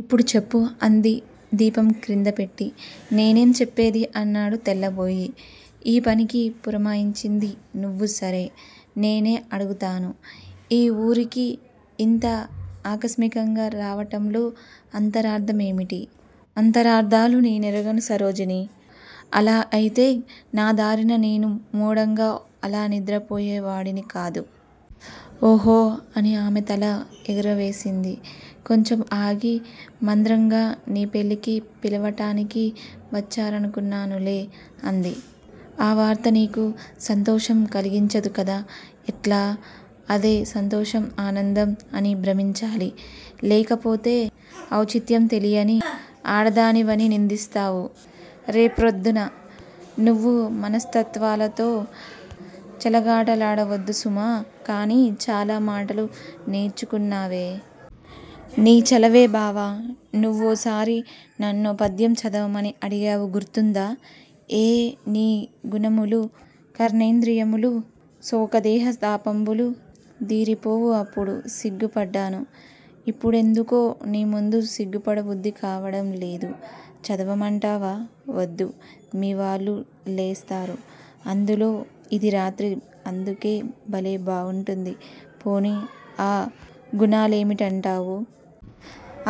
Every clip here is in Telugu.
'ఇప్పుడు చెప్పు' అంది దీపం క్రిందపెట్టి. నేనేం చెప్పేది? అన్నాడు తెల్లబోయి. ఈ పనికి పురమాయించింది నువ్వు సరే, నేనే అడుగుతాను. ఈ ఊరికి యింత ఆకస్మికంగా రావటంలో అంతరార్దమేమిటి? అంతరార్దాలు నేనెరుగను సరోజినీ. అలా అయితే నా దారిన నేను మూఢంగా అలా నిద్రపోయేవాడిని కాదు. ఓహో! అని ఆమె తల ఎగురవేసింది. కొంచెం ఆగి మంద్రంగా నీ పెళ్ళికి పిలవటానికి వచ్చావనుకున్నానులే అంది. ఆ వార్త నీకు సంతోషం కలిగించదు కద! ఎట్లా? అదే సంతోషం, ఆనందం అని భ్రమించాలి. లేకపోతే ఔచిత్యం తెలియని ఆడదానివని నిందిస్తావు రేప్రొద్దున్న. నువ్వు మనస్తత్వాలతో చెలగాటాలాడవద్దు సుమా, కానీ చాలా మాటలు నేర్చుకున్నావే? నీ చలవే బావా! నువ్వోసారి నన్నో పద్యం చదవమని అడిగావు గుర్తుందా? ఏ నీ గుణములు కర్ణేంద్రియములు సోక దేహ తాపంబులు దీరిపోవు అప్పుడు సిగ్గుపడ్డాను. ఇప్పుడెందుకో నీముందు సిగ్గుపడబుద్ది కావడంలేదు. చదవమంటావా? వద్దు. మీవాళ్ళు లేస్తారు. అందులో యిది రాత్రి అందుకే భలే బాగుంటుంది పోనీ ఆ గుణాలేమిటంటావు?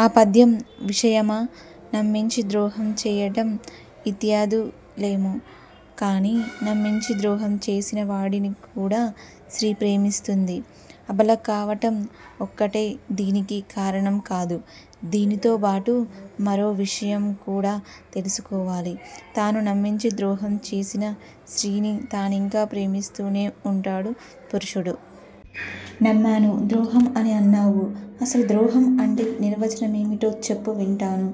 ఆ పద్యం విషయమా? నమ్మించి ద్రోహం చెయ్యటం-యిత్యాదు లేమో? కానీ నమ్మించి ద్రోహం చేసినవాడిని కూడా స్త్రీ ప్రేమిస్తుంది. అబల కావటం ఒక్కటే దీనికి కారణం కాదు. దీనితోబాటూ మరో విషయంకూడా తెలుసుకోవాలి. తాను నమ్మించి ద్రోహం చేసిన స్త్రీని తానింకా ప్రేమిస్తూనే వుంటాడు పురుషుడు! నమ్మాను ద్రోహం అని అన్నావు. అసలు ద్రోహం అంటే నిర్వచనమేమిటో చెప్పు వింటాను.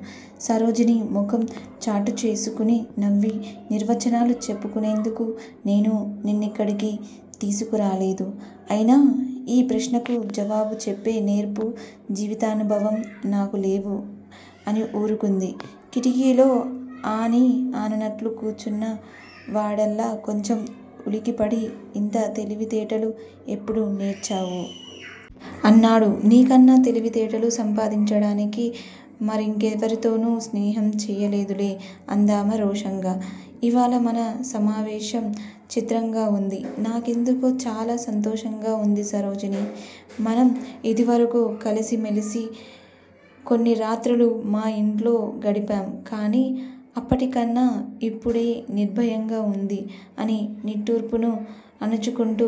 సరోజిని ముఖం చాటుచేసుకుని నవ్వి నిర్వచనాలు చెప్పుకునేందుకు నేను నిన్నిక్కడికి తీసుకురాలేదు. అయినా ఈ ప్రశ్నకు జవాబుచెప్పే నేర్పు, జీవితానుభవం నాకు లేవు అనిఊరుకుంది. కిటికీలో ఆనీ ఆననట్లు కూర్చున్నవాడల్లా కొంచెం ఉలికిపడి ఇంత తెలివితేటలు ఎప్పుడు నేర్చావు? అన్నాడు. నీకన్నా తెలివితేటలు సంపాదించడానికి మరింకెవరితోనూ స్నేహం చేయలేదులే అందామె రోషంగా. 'ఇవాళ మన సమావేశం చిత్రంగా వుంది. నాకెందుకో చాలా సంతోషంగా వుంది సరోజినీ. మనం ఇదివరకు కలసిమెలసి కొన్ని రాత్రులు మా యింట్లో గడిపాం. కానీ అప్పటికన్నా యిప్పుడే నిర్భయంగా వుంది' అని నిట్టూర్పును అణచుకుంటూ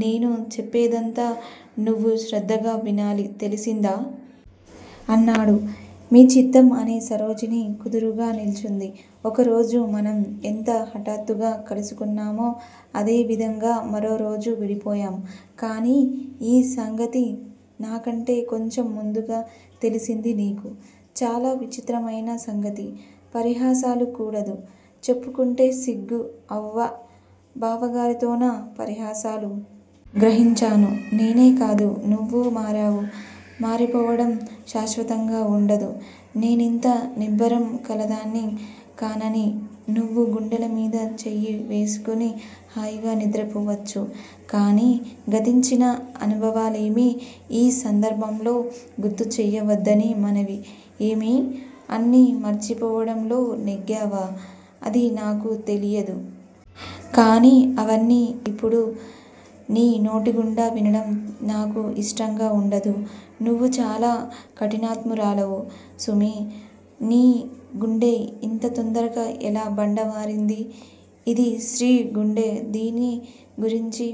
'నేను చెప్పేదంతా నువ్వు శ్రద్దగా వినాలి తెలిసిందా? ' అన్నాడు. మీ చిత్తం అని సరోజిని కుదురుగా నిల్చుంది. ఒకరోజు మనం ఎంత హఠాత్తుగా కలుసుకున్నామో, అదే విధంగా మరోరోజు విడిపోయాం కానీ యీ సంగతి నాకంటే కొంచెం ముందుగా తెలిసింది నీకు. చాలా విచిత్రమైన సంగతి. పరిహాసాలు కూడదు. చెప్పుకుంటే సిగ్గు అవ్వ, బావగారితోనా పరిహాసాలు? గ్రహించాను నేనే కాదు, నువ్వూ మారావు మారిపోవడం శాశ్వతంగా వుండదు. నేనింత నిబ్బరం కలదాన్ని కానని నువ్వు గుండెలమీద చెయ్యి వేసుకుని హాయిగా నిద్రపోవచ్చు. కానీ గతించిన అనుభవాలేమీ యీ సందర్భంలో గుర్తు చేయవద్దని మనవి. ఏమీ? అన్నీ మరచిపోవడంలో నెగ్గావా? అది నాకు తెలియదు. కానీ అవన్నీ యిప్పుడు నీ నోటిగుండా వినడం నాకు యిష్టంగా ఉండదు. నువ్వు చాలా కఠినాత్మురాలవు సుమీ! నీ గుండె ఇంత తొందరగా ఎలా బండబారింది? ఇది స్త్రీ గుండె దీన్ని గురించి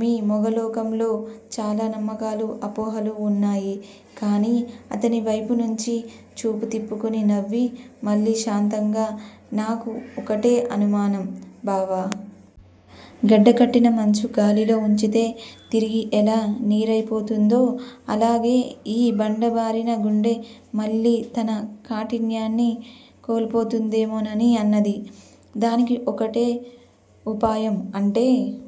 మీ మొగలోకంలో చాలా నమ్మకాలు అపోహలూ వున్నాయి కానీ అతనివైపునుంచి చూపు త్రిప్పుకుని నవ్వి, మళ్ళీ శాంతంగా 'నాకు ఒక్కటే అనుమానం బావా! గడ్డ కట్టిన మంచు-గాలిలో వుంచితే తిరిగి ఎలా నీరైపోతుందో, అలాగే ఈ బండబారిన గుండె మళ్ళీ తన కాఠిన్యాన్ని కోల్పోతుందేమోనని అన్నది. దానికి ఒకటే ఉపాయం అంటే?